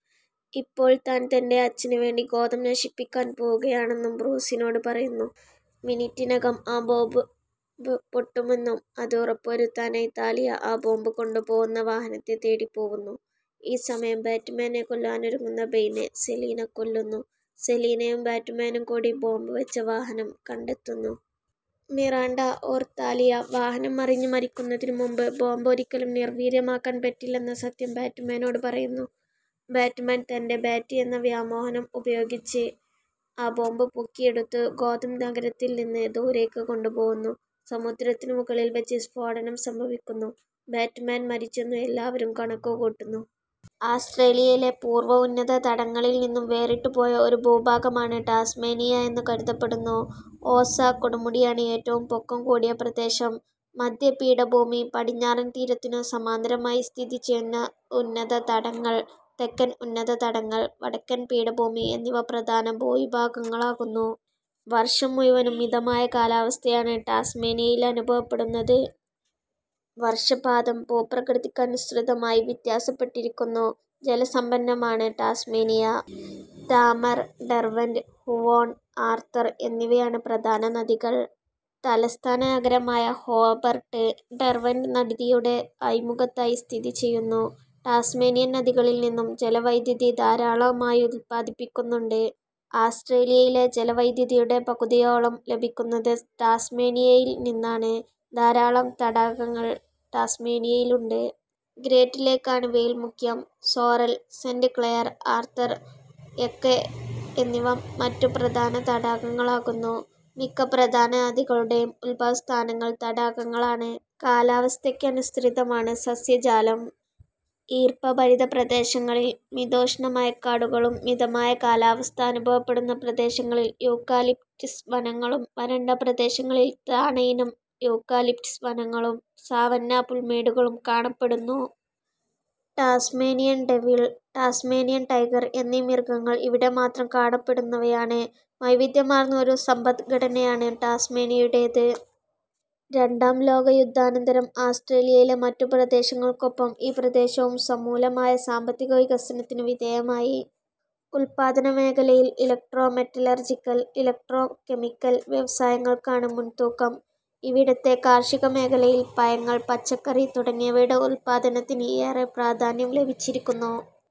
ഇപ്പോൾ താൻ, തൻ്റെ അച്ഛന് വേണ്ടി ഗോഥം നശിപ്പിക്കാൻ പോവുകയാണെന്നും ബ്രൂസിനോട് പറയുന്നു. മിനിറ്റിനകം ആ ബോംബ് പ് പൊട്ടുമെന്നും അതു ഉറപ്പു വരുത്താനായി താലിയ ആ ബോംബ് കൊണ്ട് പോവുന്ന വാഹനത്തെ തേടി പോവുന്നു. ഈ സമയം ബാറ്റ്മാനെ കൊല്ലാനൊരുങ്ങുന്ന ബെയ്നെ സലീന കൊല്ലുന്നു. സലീനയും ബാറ്റ്മാനും കൂടി ബോംബ് വെച്ച വാഹനം കണ്ടെത്തുന്നു. മിറാണ്ട/താലിയ വാഹനം മറിഞ്ഞ് മരിക്കുന്നതിനു മുമ്പ് ബോംബ് ഒരിക്കലും നിർവീര്യമാക്കാൻ പറ്റില്ലെന്ന സത്യം ബാറ്റ്മാനോട് പറയുന്നു. ബാറ്റ്മാൻ, തൻ്റെ 'ബാറ്റ്' എന്ന വ്യോമവാഹനം ഉപയോഗിച്ച് ആ ബോംബ് പൊക്കിയെടുത്തു ഗോഥം നഗരത്തിൽ നിന്ന് ദൂരെക്ക് കൊണ്ട് പോവുന്നു. സമുദ്രത്തിന്നു മുകളിൽ വെച്ച് സ്ഫോടനം സംഭവിക്കുന്നു. ബാറ്റ്മാൻ മരിച്ചെന്നു എല്ലാവരും കണക്കുകൂട്ടുന്നു. ആസ്റ്റ്രേലിയയിലെ പൂർവ ഉന്നത തടങ്ങളിൽ നിന്നും വേറിട്ടുപോയ ഒരു ഭൂഭാഗമാണ് ടാസ്മേനിയ എന്നു കരുതപ്പെടുന്നു. ഓസ കൊടുമുടിയാണ് ഏറ്റവും പൊക്കം കൂടിയ പ്രദേശം. മധ്യപീഠഭൂമി, പടിഞ്ഞാറൻ തീരത്തിനു സമാന്തരമായി സ്ഥിതി ചെയ്യുന്ന ഉന്നതതടങ്ങൾ, തെക്കൻ ഉന്നത തടങ്ങൾ, വടക്കൻ പീഠഭൂമി എന്നിവ പ്രധാന ഭൂവിഭാഗങ്ങളാകുന്നു. വർഷം മുഴുവനും മിതമായ കാലാവസ്ഥയാണ് ടാസ്മേനിയയിലനുഭവപ്പെടുന്നത്. വർഷപാതം ഭൂപ്രകൃതിക്കനുസൃതമായി വ്യത്യാസപ്പെട്ടിരിക്കുന്നു. ജലസമ്പന്നമാണ് Tasmania. Tamar, Derwent, Huon, Arthur എന്നിവയാണ് പ്രധാന നദികൾ. തലസ്ഥാന നഗരമായ ഹോബർട്ട്, ഡെർവന്റ് നദിയുടെ അഴിമുഖത്തായി സ്ഥിതി ചെയ്യുന്നു. ടാസ്മേനിയൻ നദികളിൽ നിന്നും ജലവൈദ്യുതി ധാരാളമായുത്പാദിപ്പിക്കുന്നുണ്ട്. ആസ്റ്റ്രേലിയയിലെ ജലവൈദ്യുതിയുടെ പകുതിയോളം ലഭിക്കുന്നത് ടാസ്മേനിയയിൽ നിന്നാണ്. ധാരാളം തടാകങ്ങൾ ടാസ്മേനിയയിലുണ്ട്. ഗ്രേറ്റ്ലേക് ആണ് ഇവയിൽ മുഖ്യം. സോറൽ, സെന്റ് ക്ലയർ, ആർതർ, എക്കെ എന്നിവ മറ്റു പ്രധാന തടാകങ്ങളാകുന്നു. മിക്ക പ്രധാന നദികളുടെയും ഉദ്ഭവസ്ഥാനങ്ങൾ തടാകങ്ങളാണ്. കാലാവസ്ഥയ്ക്കനുസൃതമാണ് സസ്യജാലം. ഈർപ്പഭരിതപ്രദേശങ്ങളിൽ മിതോഷ്ണമഴക്കാടുകളും, മിതമായ കാലാവസ്ഥ അനുഭവപ്പെടുന്ന പ്രദേശങ്ങളിൽ യൂക്കാലിപ്റ്റസ് വനങ്ങളും, വരണ്ട പ്രദേശങ്ങളിൽ താണയിനം യൂക്കാലിപ്റ്റസ് വനങ്ങളും, സാവന്നാ പുൽമേടുകളും കാണപ്പെടുന്നു. ടാസ്മേനിയൻ ഡെവിൾ, ടാസ്മേനിയൻ ടൈഗർ എന്നീ മൃഗങ്ങൾ ഇവിടെ മാത്രം കാണപ്പെടുന്നവയാണ്. വൈവിധ്യമാർന്ന ഒരു സമ്പദ്ഘടനയാണ് ടാസ്മേനിയയുടേത്. രണ്ടാം ലോകയുദ്ധാനന്തരം ആസ്റ്റ്രേലിയയിലെ മറ്റു പ്രദേശങ്ങൾക്കൊപ്പം ഈ പ്രദേശവും സമൂലമായ സാമ്പത്തിക വികസനത്തിനു വിധേയമായി. ഉത്പാദനമേഖലയിൽ ഇലക്ട്രോ-മെറ്റലർജിക്കൽ, ഇലക്ട്രോ-കെമിക്കൽ വ്യവസായങ്ങൾക്കാണ് മുൻതൂക്കം. ഇവിടത്തെ കാർഷികമേഖലയിൽ പഴങ്ങൾ, പച്ചക്കറി തുടങ്ങിയവയുടെ ഉത്പാദനത്തിന് ഏറെ പ്രാധാന്യം ലഭിച്ചിരിക്കുന്നു.